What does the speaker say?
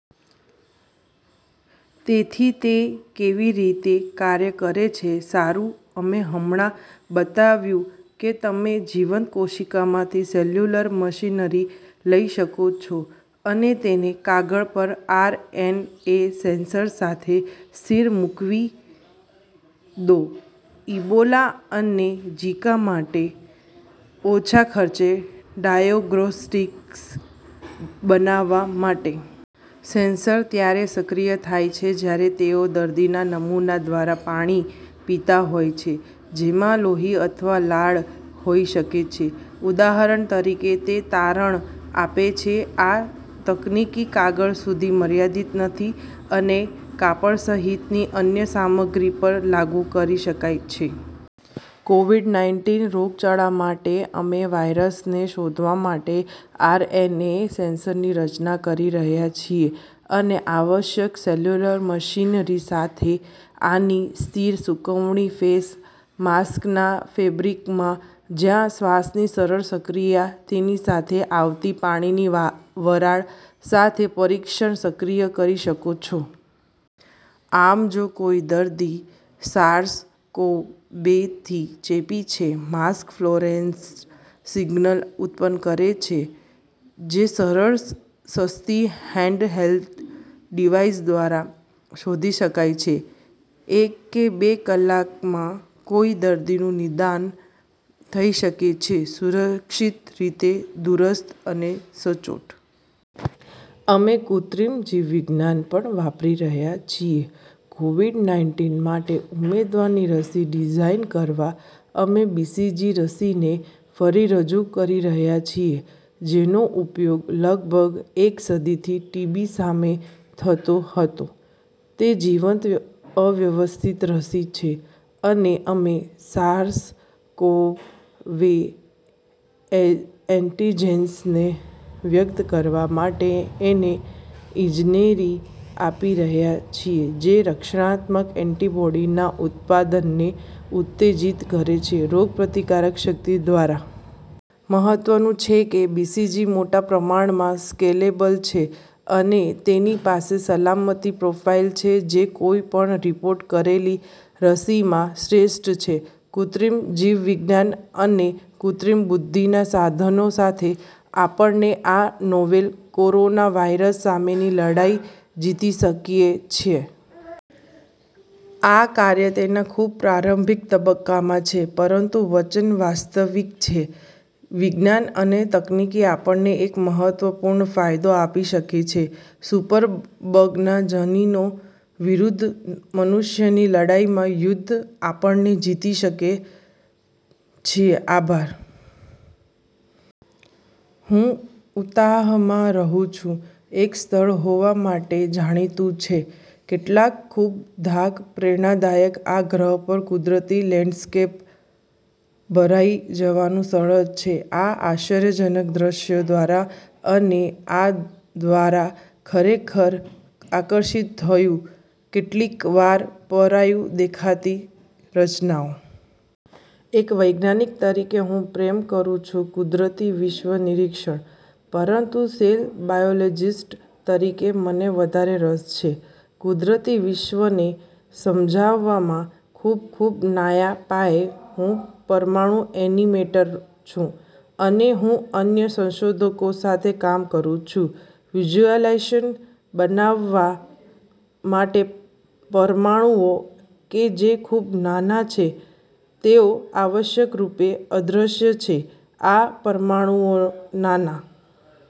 તેથીતે કેવી રીતે કાર્ય કરે છે? સારું, અમે હમણાં બતાવ્યું કે તમે જીવંત કોસિકા માંથી સેલ્યુલર મશીનરી લઈ શકો છો અને તેને કાગળ પર આર. એન. એ. સેન્સર સાથે સ્થિર-મુકવી દો ઇબોલા અને ઝિકા માટે ઓછા ખર્ચે ડાયગ્નોસ્ટિક્સ બનાવવા માટે. સેન્સર ત્યારે સક્રિય થાય છે જ્યારે તેઓ દર્દીના નમૂના દ્વારા પાણી પીતા હોય છે જેમાં લોહી અથવા લાળ હોઈ શકે છે, ઉદાહરણ તરીકે. તે તારણ આપે છે, આ તકનીકી કાગળ સુધી મર્યાદિત નથી અને કાપડ સહિતની અન્ય સામગ્રી પર લાગુ કરી શકાય છે. કોવીડ-નાઇનટીન રોગચાળા માટે, અમે વાયરસને શોધવા માટે આરએનએ સેન્સરની રચના કરી રહ્યા છીએ અને આવશ્યક સેલ્યુલર મશીનરી સાથે આની સ્થિર-સૂકવણી ફેસ માસ્કના ફેબ્રિકમાં, જ્યાં શ્વાસની સરળ સક્રિયા, તેની સાથે આવતી પાણીની વ વરાળ સાથે, પરીક્ષણ સક્રિય કરી શકો છો. આમ, જો કોઈ દર્દી સાર્સ-કોવ-બે થી ચેપી છે, માસ્ક ફ્લોરોસન્ટ સિગ્નલ ઉત્પન્ન કરે છે, જે સરળ, સસ્તી હેન્ડહેલ્ડ ડિવાઇસ દ્વારા શોધી શકાય છે, એક કે બે કલાકમાં, કોઈ દર્દીનું નિદાન થઈ શકે છે સુરક્ષિત રીતે, દૂરસ્થ અને સચોટ. અમે કૃત્રિમ જીવવિજ્ઞાન પણ વાપરી રહ્યા છીએ કોવીડ-નાઇનટીન માટે ઉમેદવારની રસી ડિઝાઇન કરવા. અમે બીસીજી રસીને ફરી રજૂ કરી રહ્યા છીએ, જેનો ઉપયોગ લગભગ એક સદીથી ટીબી સામે થતો હતો. તે જીવંત અવ્યવસ્થિત રસી છે, અને અમે સાર્સ-કોવ-બે એન્ટિજેન્સને વ્યક્ત કરવા માટે તેને ઇજનેરી આપી રહ્યા છીએ, જે રક્ષણાત્મક એન્ટિબોડીના ઉત્પાદનને ઉત્તેજિત કરે છે રોગપ્રતિકારક શક્તિ દ્વારા। મહત્વનું છે કે, બીસીજી મોટા પ્રમાણમાં સ્કેલેબલ છે અને તેની પાસે સલામતી પ્રોફાઇલ છે જે કોઈ પણ રીપોર્ટ કરેલી રસીમાં શ્રેષ્ઠ છે. કૃત્રિમ જીવવિજ્ઞાન અને કૃત્રિમ બુદ્ધિના સાધનો સાથે, આપણે આ નોવેલ કોરોનાવાયરસ સામેની લડાઈ જીતી શકીએ છીએ. આ કાર્ય તેના ખૂબ પ્રારંભિક તબક્કામાં છે, પરંતુ વચન વાસ્તવિક છે. વિજ્ઞાન અને તકનીકી આપણને એક મહત્વપૂર્ણ ફાયદો આપી શકે છે સુપર બગના જનીનો વિરુદ્ધ મનુષ્યની લડાઇમાં, યુદ્ધ આપણને જીતી શકે છીએ. આભાર. હું ઉતાહમાં રહું છું, એક સ્થળ હોવા માટે જાણીતું છે કેટલાક ખૂબ ધાક-પ્રેરણાદાયક આ ગ્રહ પર કુદરતી લેન્ડસ્કેપ્સ. ભરાઈ જવાનું સરળ છે આ આશ્ચર્યજનક દૃશ્યો દ્વારા, અને આ દ્વારા ખરેખર આકર્ષિત થયુ કેટલીકવાર પરાયું દેખાતી રચનાઓ. એક વૈજ્ઞાનિક તરીકે, હું પ્રેમ કરું છું કુદરતી વિશ્વ નિરીક્ષણ. પરંતુ સેલ બાયોલોજિસ્ટ તરીકે, મને વધારે રસ છે કુદરતી વિશ્વને સમજાવામાં ખૂબ, ખૂબ નાયા પાયે. હું પરમાણુ એનિમેટર છું, અને હું અન્ય સંશોધકો સાથે કામ કરું છું વિઝ્યુલાઇઝેશન બનાવવા માટે પરમાણુઓ કે જે ખૂબ નાના છે, તેઓ આવશ્યકરૂપે અદ્રશ્ય છે. આ પરમાણુઓ નાના